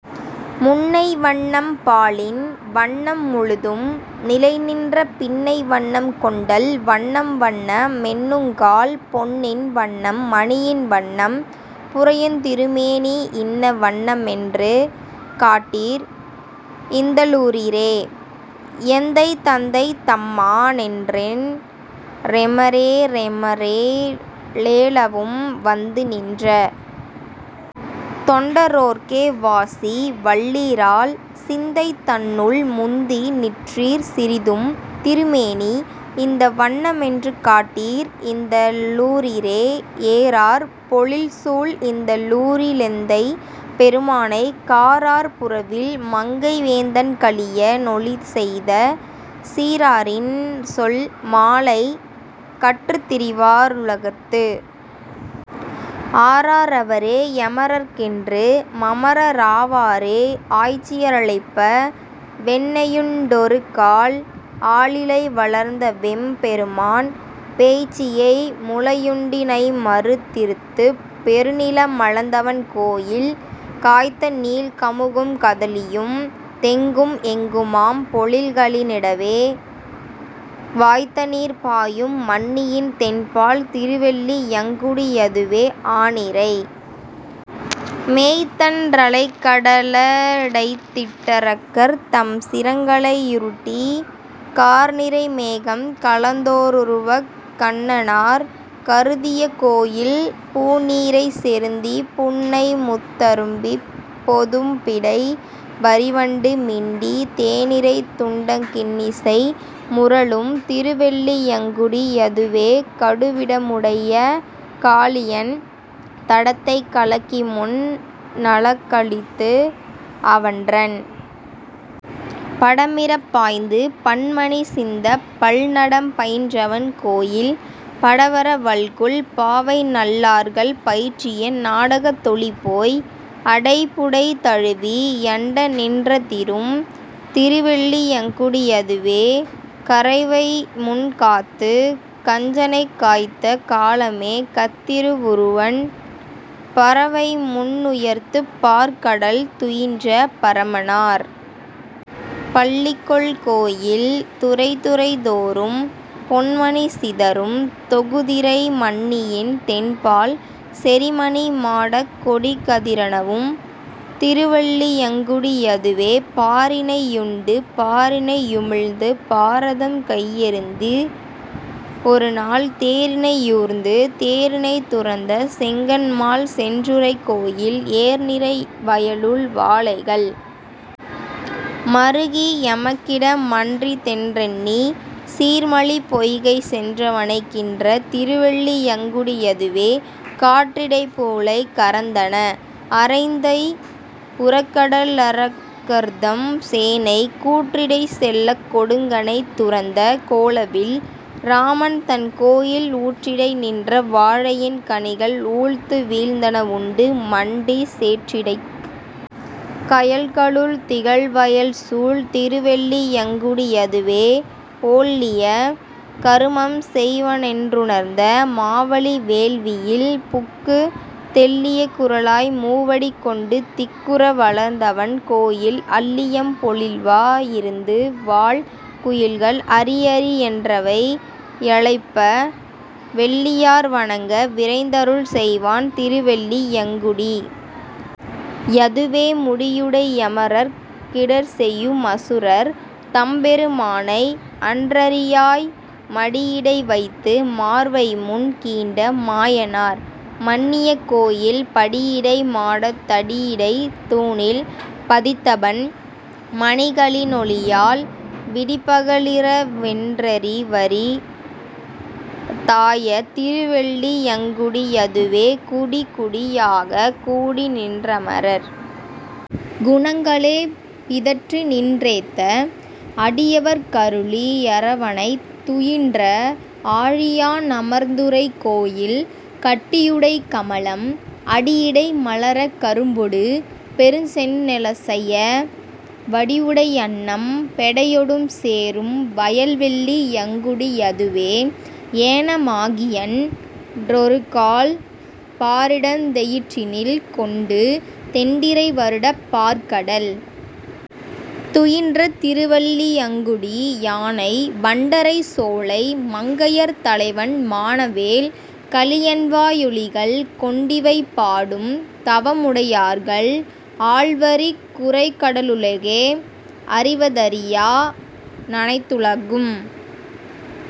முன்னை வண்ணம் பாலின் வண்ணம் முழுதும் நிலைநின்ற, பின்னை வண்ணம் கொண்டல் வண்ணம் வண்ண மெண்ணுங்கால், பொன்னின் வண்ணம் மணியின் வண்ணம் புரையுந் திருமேனி, இன்ன வண்ண மென்று காட்டீர் இந்த ளூரீரே. எந்தை தந்தை தம்மா னென்றென் றெமெரே றெமரெ ழேளவும், வந்து நின்ற தொண்டரோர்க்கே வாசி வல்லீரால், சிந்தை தன்னுள் முந்தி நிற்றிர் சிறிதும் திருமேனி, இந்த வண்ண மென்று காட்டீர் இந்த ளூரீரே ஏரார் பொழில்சூழ் இந்த ளூரி லெந்தை பெருமானை, காரார் புறவில் மங்கை வேந்தன் கலிய னொலிசெய்த, சீரா ரின்சொல் மாலை கற்றுத் திரிவா ருலகத்து, ஆரா ரவரே யமரர்க் கென்று மமர ராவாரே ஆய்ச்சியரழைப்ப வெண்ணெயுண்டொருகால் ஆலிலை வளர்ந்தவெம் பெருமான், பேய்ச்சியை முலயுண் டிணைமரு திறுத்துப் பெருநில மளந்தவன் கோயில், காய்த்தநீள் கமுகும் கதலியும் தெங்கும் எங்குமாம் பொழில்களி னடுவே, வாய்த்தநீர் பாயும் மண்ணியின் தென்பால் திருவெள்ளி யங்குடி யதுவே ஆநிரை மேய்த்தன் றலைகட லடைத்திட்டரக்கர் தம் சிரங்களை யுருட்டி, கார்நிறை மேகம் கலந்தோ ருருவக் கண்ணனார் கருதிய கோயில், பூநீரைச் செருந்தி புன்னைமுத் தரும்பிப் பொதும்பிடை வரிவண்டு மிண்டி, தேனிரைத் துண்டங் கின்னிசை முரலும் திருவெள்ளி யங்குடி யதுவே கடுவிடமுடைய காளியன் தடத்தைக் கலக்கிமுன் னலக்கழித்து, அவன்றன் படமிறப் பாய்ந்து பன்மணி சிந்தப் பல்நடம் பயின்றவன் கோயில், படவர வல்குல் பாவைநல் லார்கள் பயிற்றிய நாடகத் தொலிபோய், அடைபுடை தழுவி யண்டநின் றதிரும் திருவெள்ளி யங்குடி யதுவே கறவைமுன் காத்துக் கஞ்சனைக் காய்த்த காளமே கத்திரு வுருவன், பறவைமுன் னுயர்த்துப் பாற்கடல் துயின்ற பரமனார் பள்ளிகொள் கோயில், துறைதுறை தோறும் பொன்மணி சிதறும் தொகுதிரை மண்ணியின் தென்பால், செறிமணி மாடக் கொடிகதி ரணவும் திருவெள்ளி யங்குடி யதுவே பாரினை யுண்டு பாரினை யுமிழ்ந்து பாரதம் கையெறிந்தீ ,ஒருகால் தேரினை யூர்ந்து தேரினைத் துரந்த செங்கண்மால் சென்றுறை கோயில், ஏர்நிரை வயளுள் வாளைகள் மறுகி எமக்கிட மன்றிதென்றெண்ணி, சீர்மலி பொய்கை சென்றவணை கின்ற திருவெள்ளி யங்குடி யதுவே காற்றிடைப் பூளை கரந்தன அரந்தை உறக்கட லரக்கர்தம் சேனை, கூற்றிடைச் செல்லக் கொடுங்கணை துரந்த கோலவில் இராமன் தன் கோயில், ஊற்றிடை நின்ற வாழையின் கனிகள் ஊழ்த்துவீழ்ந் தனவுண்டு மண்டி, சேற்றிடைக் கயல்க ளுள்திகழ் வயல்சூழ் திருவெள்ளி யங்குடி யதுவே ஓள்ளிய கருமம் செய்வனென் றுணர்ந்த மாவலி வேள்வியில் புக்கு, தெள்ளிய குறளாய் மூவடி கொண்டு திக்குற வளர்ந்தவன் கோயில் அள்ளியம் பொழில்வா யிருந்துவாழ் குயில்கள் அரியரி யென்றவை யழைப்ப வெள்ளியார் வணங்க விரைந்தருள் செய்வான் திருவெள்ளி யங்குடி யதுவே முடியுடை யமரர்க் கிடர்செயு மசுரர் தம்பெரு மானை, அன் றரியாய் மடியிடை வைத்து மார்வைமுன் கீண்ட மாயனார் மன்னிய கோயில், படியிடை மாடத் தடியிடைத் தூணில் பதித்தபன் மணிகளி னொளியால், விடிபக லிரவென் றறிவரி தாய திருவெள்ளி யங்குடி யதுவே குடிகுடி யாகக் கூடிநின் றமரர் குணங்களே பிதற்றிநின் றேத்த அடியவர்க் கருளி யரவணைத் துயின்ற ஆழியா நமர்ந்துறை கோயில், கட்டியுடைக் கமலம் அடியிடை மலரக் கரும்பொடு பெருஞ்செந்நெ லசைய, வடிவுடை யன்னம் பெடையொடும் சேரும் வயல்வெள்ளி யங்குடி யதுவே ஏன மாகியன் றொருகால், பாரிடந் தெயிற்றினில் கொண்டு, தெண்டிரை வருடப் பாற்கடல் துயின்ற திருவெள்ளி யங்குடி யானை, வண்டறை சோலை மங்கையர் தலைவன் மானவேல் கலியன்வா யொலிகள், கொண்டிவை பாடும் தவமுடையார்கள் ஆள்வரிக் குரைகட லுலகே அறிவ தரியா னனைத்துலகும்